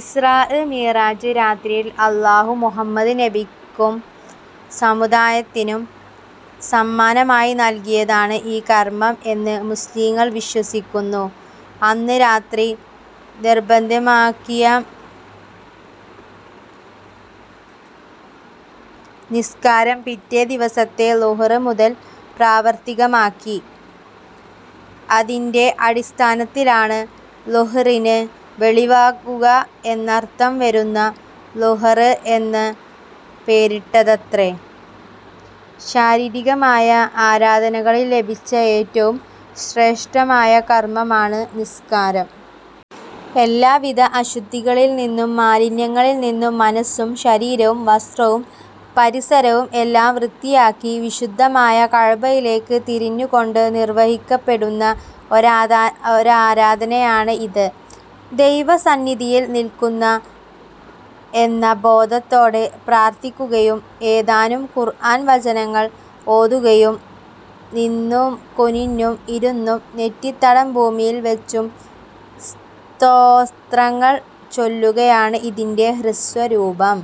ഇസ്റാഅ് മിഅ്റാജ് രാത്രിയിൽ അല്ലാഹു മുഹമ്മദ് നബിക്കും സമുദായത്തിനും സമ്മാനമായി നൽകിയതാണ് ഈ കർമ്മം എന്ന് മുസ്ലിംകൾ വിശ്വസിക്കുന്നു. അന്ന് രാത്രി നിർബന്ധമാക്കിയ നിസ്കാരം പിറ്റേ ദിവസത്തെ ളുഹർ മുതൽ പ്രാവർത്തികമാക്കി. അതിൻ്റെ അടിസ്ഥാനത്തിലാണ് ളുഹ്റിന് വെളിവാകുക എന്നർത്ഥം വരുന്ന ളുഹർ എന്ന പേരിട്ടതത്രെ. ശാരീരികമായ ആരാധനകളിൽ ലഭിച്ച ഏറ്റവും ശ്രേഷ്ഠമായ കർമ്മമാണ് നിസ്കാരം. എല്ലാവിധ അശുദ്ധികളിൽ നിന്നും മാലിന്യങ്ങളിൽനിന്നും മനസ്സും ശരീരവും വസ്ത്രവും പരിസരവും എല്ലാം വൃത്തിയാക്കി വിശുദ്ധമായ കഅ്ബയിലേക്ക് തിരിഞ്ഞു കൊണ്ട് നിർവഹിക്കപ്പെടുന്ന ഒരാദാര ഒരാരാധനയാണ് ഇത്. ദൈവ സന്നിധിയിൽ നിൽക്കുന്ന എന്ന ബോധത്തോടെ പ്രാർത്ഥിക്കുകയും ഏതാനും ഖുർആൻ വചനങ്ങൾ ഓതുകയും നിന്നും കുനിഞ്ഞും ഇരുന്നും നെറ്റിത്തടം ഭൂമിയിൽ വെച്ചും സ്തോത്രങ്ങൾ ചൊല്ലുകയാണ് ഇതിൻ്റെ ഹ്രസ്വരൂപം.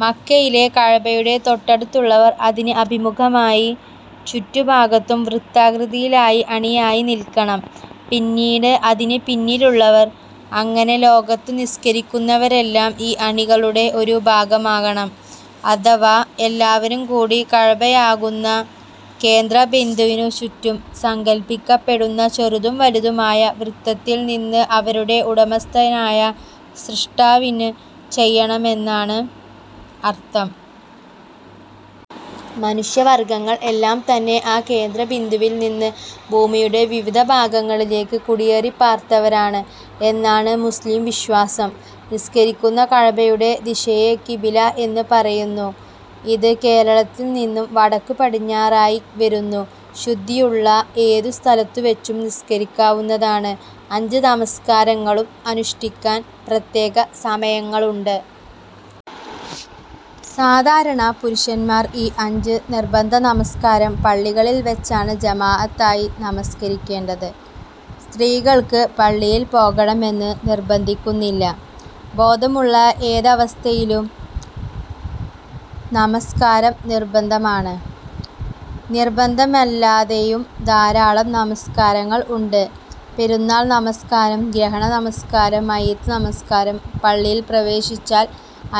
മക്കയിലെ കഅബയുടെ തൊട്ടടുത്തുള്ളവർ അതിന് അഭിമുഖമായി ചുറ്റുഭാഗത്തും വൃത്താകൃതിയിലായി അണിയായി നിൽക്കണം. പിന്നീട് അതിന് പിന്നിലുള്ളവർ, അങ്ങനെ ലോകത്ത് നിസ്കരിക്കുന്നവരെല്ലാം ഈ അണികളുടെ ഒരു ഭാഗമാകണം. അഥവാ എല്ലാവരുംകൂടി കഅബയാകുന്ന കേന്ദ്ര ബിന്ദുവിനു ചുറ്റും സങ്കല്പിക്കപ്പെടുന്ന ചെറുതും വലുതുമായ വൃത്തത്തിൽനിന്ന് അവരുടെ ഉടമസ്ഥനായ സ്രഷ്ടാവിന് ചെയ്യണമെന്ന് ആണ് അർത്ഥം. മനുഷ്യ വർഗ്ഗങ്ങൾ എല്ലാം തന്നെ ആ കേന്ദ്രബിന്ദുവിൽ നിന്ന് ഭൂമിയുടെ വിവിധ ഭാഗങ്ങളിലേക്ക് കുടിയേറിപ്പാർത്തവരാണ് എന്നാണ് മുസ്ലിം വിശ്വാസം. നിസ്കരിക്കുന്ന കഅബയുടെ ദിശയെ കിബില എന്നു പറയുന്നു. ഇത് കേരളത്തിൽ നിന്നും വടക്ക് പടിഞ്ഞാറായി വരുന്നു. ശുദ്ധിയുള്ള ഏതു സ്ഥലത്തു വെച്ചും നിസ്സ്ക്കരിക്കാവുന്നതാണ്. അഞ്ച് നമസ്കാരങ്ങളും അനുഷ്ഠിക്കാൻ പ്രത്യേക സമയങ്ങളുണ്ട്. സാധാരണ പുരുഷന്മാർ ഈ അഞ്ച് നിർബന്ധ നമസ്ക്കാരം പള്ളികളിൽ വെച്ചാണ് ജമാഅത്തായി നമസ്ക്കരിക്കേണ്ടത്. സ്ത്രീകൾക്ക് പള്ളിയിൽ പോകണമെന്ന് നിർബന്ധിക്കുന്നില്ല. ബോധമുള്ള ഏതവസ്ഥയിലും നമസ്കാരം നിർബന്ധമാണ്. നിർബന്ധമല്ലാതെയും ധാരാളം നമസ്ക്കാരങ്ങൾ ഉണ്ട്. പെരുന്നാൾ നമസ്ക്കാരം, ഗ്രഹണ നമസ്കാരം, മയ്യിത്ത് നമസ്ക്കാരം, പള്ളിയിൽ പ്രവേശിച്ചാൽ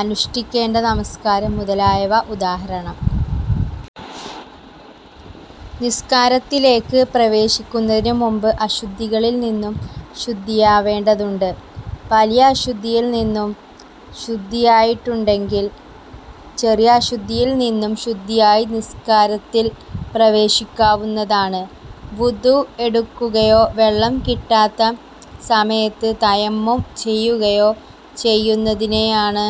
അനുഷ്ഠിക്കേണ്ട നമസ്കാരം മുതലായവ ഉദാഹരണം. നിസ്കാരത്തിലേക്ക് പ്രവേശിക്കുന്നതിനു മുൻപ് അശുദ്ധികളിൽ നിന്ന് ശുദ്ധിയാവേണ്ടതുണ്ട്. വലിയ അശുദ്ധിയിൽ നിന്നും ശുദ്ധിയായിട്ടുണ്ടെങ്കിൽ ചെറിയ അശുദ്ധിയിൽ നിന്നും ശുദ്ധിയായി നിസ്കാരത്തിൽ പ്രവേശിക്കാവുന്നതാണ്. വുദു എടുക്കുകയോ വെള്ളം കിട്ടാത്ത സമയത്ത് തയമ്മും ചെയ്യുകയോ ചെയ്യുന്നതിനെയാണ്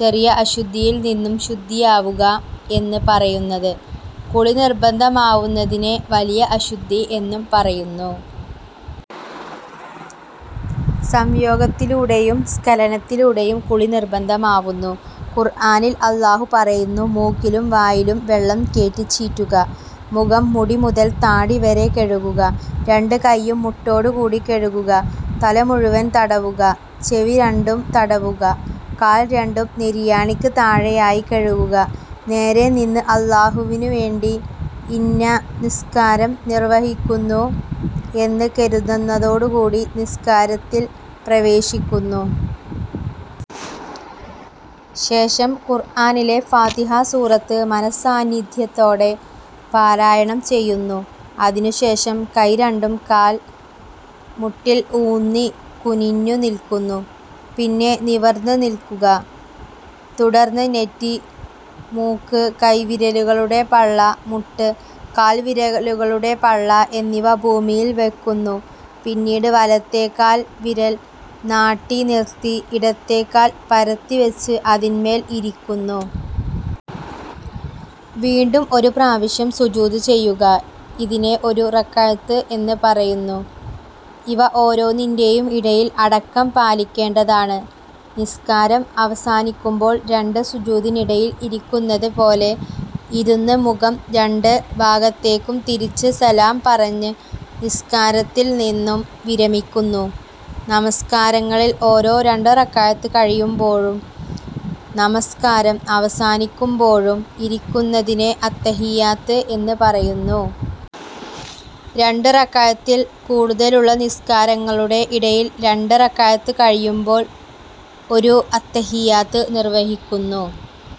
ചെറിയ അശുദ്ധിയിൽ നിന്നും ശുദ്ധിയാവുക എന്ന് പറയുന്നത്. കുളി നിർബന്ധമാവുന്നതിനെ വലിയ അശുദ്ധി എന്ന് പറയുന്നു. സംയോഗത്തിലൂടെയും സ്ഖലനത്തിലൂടെയും കുളി നിർബന്ധമാവൂന്നു. ഖുർആനിൽ അല്ലാഹു പറയുന്നു. മൂക്കിലും വായിലും വെള്ളം കേറ്റിചീറ്റുക. മുഖം മുടിമുതൽ താടിവരെ കഴുകുക. രണ്ടു കയ്യും മുട്ടോട് കൂടി കഴുകുക. തല മുഴുവനും തടവുക. ചെവി രണ്ടും തടവുക. കാൽ രണ്ടും നെരിയാണിക്ക് താഴെയായി കഴുകുക. നേരെ നിന്ന് അല്ലാഹുവിനു വേണ്ടി ഇന്ന നിസ്കാരം നിർവ്വഹിക്കുന്നു എന്ന് കരുതുന്നതോടുകൂടി നിസ്ക്കാരത്തിൽ പ്രവേശിക്കുന്നു. ശേഷം ഖുർആനിലെ ഫാത്തിഹ സൂറത് മന:സ്സാന്നിധ്യത്തോടെ പാരായണം ചെയ്യുന്നു. അതിനു ശേഷം കൈ രണ്ടും കാൽ മുട്ടിൽ ഊന്നി കുനിഞ്ഞു നിൽക്കുന്നു. പിന്നെ നിവർന്ന് നിൽക്കുക. തുടർന്ന് നെറ്റി മൂക്ക് കൈവിരലുകളുടെ പള്ള മുട്ട് കാൽ വിരലുകളുടെ പള്ള എന്നിവ ഭൂമിയിൽ വെക്കുന്നു. പിന്നീട് വലത്തെകാൽവിരൽ നാട്ടിനിർത്തി ഇടത്തെ കാൽ പരത്തിവച്ച് അതിന്മേൽ ഇരിക്കുന്നു. വീണ്ടും ഒരു പ്രാവശ്യം സുജൂദ് ചെയ്യുക. ഇതിനെ ഒരു റകഅത്ത് എന്ന് പറയുന്നു. ഇവ ഓരോന്നിൻ്റെയും ഇടയിൽ അടക്കം പാലിക്കേണ്ടതാണ്. നിസ്കാരം അവസാനിക്കുമ്പോൾ രണ്ട് സുജൂദിനിടയിൽ ഇരിക്കുന്നത് പോലെ ഇരുന്ന് മുഖം രണ്ട് ഭാഗത്തേക്കും തിരിച്ച് സലാം പറഞ്ഞ് നിസ്കാരത്തിൽ നിന്നും വിരമിക്കുന്നു. നമസ്ക്കാരങ്ങളിൽ ഓരോ രണ്ട് റകഅത്ത് കഴിയുമ്പോഴും നമസ്ക്കാരം അവസാനിക്കുമ്പോഴും ഇരിക്കുന്നതിനെ അത്തഹിയ്യാത്ത് എന്ന് പറയുന്നു. രണ്ട് റകഅത്തിൽ കൂടുതലുള്ള നിസ്കാരങ്ങളുടെ ഇടയിൽ രണ്ട് റകഅത്ത് കഴിയുമ്പോൾ ഒരു അത്തഹിയ്യാത്ത് നിർവ്വഹിക്കുന്നു.